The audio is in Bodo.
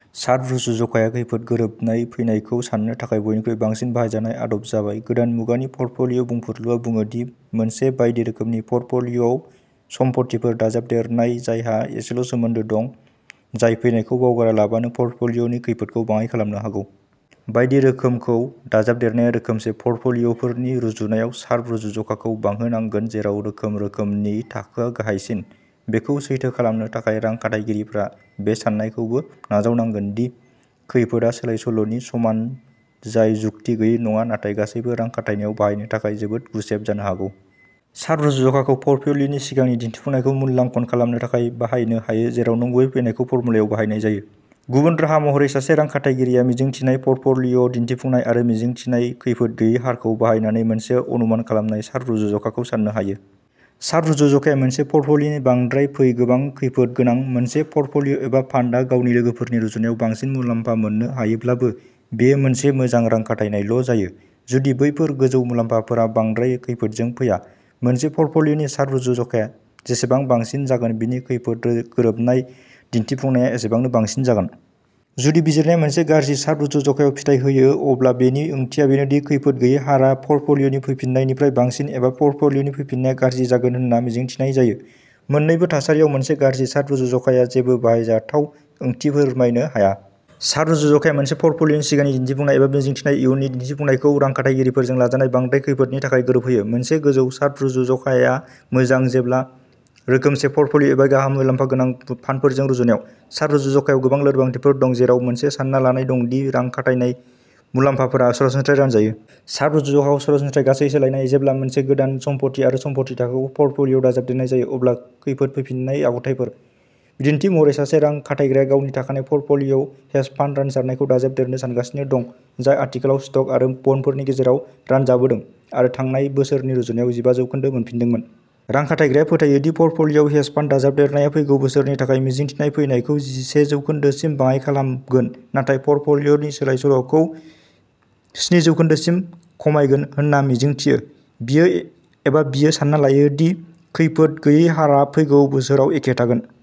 शार्प रुजुजखाया खैफोद गोरोबनाय फैनायखौ सान्नो थाखाय बयनिख्रुइबो बांसिन बाहायजानाय आदब जाबाय। गोदान मुगानि पर्टफ'लिय'बुंफुरलुआ बुङो दि मोनसे बायदि रोखोमनि पर्टफ'लिय'आव सम्फथिफोर दाजाबदेरनाय जायहा एसेल' सोमोन्दो दं जाय फैनायखौ बावगारालाबानो पर्टफ'लिय'नि खैफोदखौ बाङाइ खालामनो हागौ। बायदि रोखोमखौ दाजाबदेरनाया रोखोमसे पर्टफ'लिय'फोरनि रुजुनायाव शार्प रुजुज'खाखौ बांहोनांगोन जेराव रोखोम रोखोमनि थाखोआ गाहायसिन। बेखौ सैथो खालामनो थाखाय रां खाथायगिरिफोरा बे सान्नायखौबो नाजावनांगोन दि खैफोदआ सोलायसोल'नि समान जाय जुक्ति गैयै नङा नाथाय गासैबो रां खाथायनायाव बाहायनो थाखाय जोबोद गुसेब जानो हागौ। शार्प रुजुज'खाखौ पर्टफ'लिय'नि सिगांनि दिन्थिफुंनाय खौ मूल्याङ्कन खालामनो थाखाय बाहायनो हायो जेराव नंगुबै फैनायखौ फर्मुलायाव बाहायनाय जायो। गुबुन राहा महरै सासे रां खाथायगिरिया मिजिंथिनाय पर्टफ'लिय'दिन्थिफुंनाय आरो मिजिंथिनाय खैफोद गैयै हारखौ बाहायनानै मोनसे अनुमान खालामनाय शार्प रुजुज'खाखौ साननो हायो। शार्प रुजुज'खाया मोनसे पर्टफ'लिय'नि बांद्राय फै गोबां खैफोद गोनां। मोनसे पर्टफ'लिय'एबा फान्डआ गावनि लोगोफोरनि रुजुनायाव बांसिन मुलाम्फा मोननो हायोब्लाबो बेयो मोनसे मोजां रां खाथायनायल'जायो जुदि बैफोर गोजौ मुलाम्फाफोरा बांद्राय खैफोदजों फैया। मोनसे पर्टफ'लिय'नि शार्प रुजुज'खाया जेसेबां बांसिन जागोन बिनि खैफोद गोरोबनाय दिन्थिफुंनाया एसेबांनो साबसिन जागोन। जुदि बिजिरनाया मोनसे गाज्रि शार्प रुजुज'खायाव फिथाय होयो अब्ला बेनि ओंथिया बेनोदि खैफोद गैयै हारआ पर्टफ'लिय'नि फैफिन्नायनिफ्राय बांसिन एबा पर्टफ'लिय'नि फैफिन्नायआ गाज्रि जागोन होनना मिजिंथिनाय जायो। मोननैबो थासारियाव मोनसे गाज्रि शार्प रुजुज'खाया जेबो बाहायजाथाव ओंथि फोरमायनो हाया। शार्प रुजुज'खाया मोनसे पर्टफ'लिय'नि सिगांनि दिन्थिफुंनाय एबा मिजिंथिनाय इयुननि दिन्थिफुंनायखौ रां खाथायगिरिजों लाजानाय बांद्राय खैफोदनि थाखाय गोरोबहोयो। मोनसे गोजौ शार्प रुजुज'खाया मोजां जेब्ला रोखोमसे पर्टफ'लिय'एबा गाहाय मुलाम्फा गोनां फान्डफोरजों रुजुनायाव। शार्प रुजुज'खायाव गोबां लोरबांथिफोर दं जेराव मोनसे सानना लानाय दं दि रां खाथायनाय मुलाम्फाफोरा सरासनस्रायै रानजायो। शार्प रुजुज'खाखौ सरासनस्रायै गासै सोलायनाय जेब्ला मोनसे गोदान सम्फथि एबा सम्फथि थाखोखौ पर्टफ'लिय'आव दाजाबदेरनाय जायो अब्ला खैफोद फैफिन्नाय आखुथायफोर। बिदिन्थि महरै सासे रां खाथायग्राया गावनि थाखानाय पर्टफ'लिय'आव हेज फान्ड रानसारनायखौ दाजाबदेरनो सानगासिनो दं जाय आथिखालाव स्टक आरो बन्डफोरनि गेजेराव रानजाबोदों आरो थांनाय बोसोरनि रुजुनायाव जिबा जौखोन्दो मोनफिन्दोंमोन। रां खाथायग्राया फोथायो दि पर्टफ'लिय'आव हेज फान्ड दाजाबदेरनाया फैगौ बोसोरनि थाखाय मिजिंथिनाय फैनायखौ जिसे जौखोन्दो सिम बाङाइ खालामगोन नाथाय पर्टफ'लिय'नि सोलाय सोल'खौ स्नि जौखोन्दो सिम खमायगोन होनना मिजिंथियो। बियो एबा बियो सान्ना लायो दि खैफोद गैयै हारआ फैगौ बोसोराव एखे थागोन।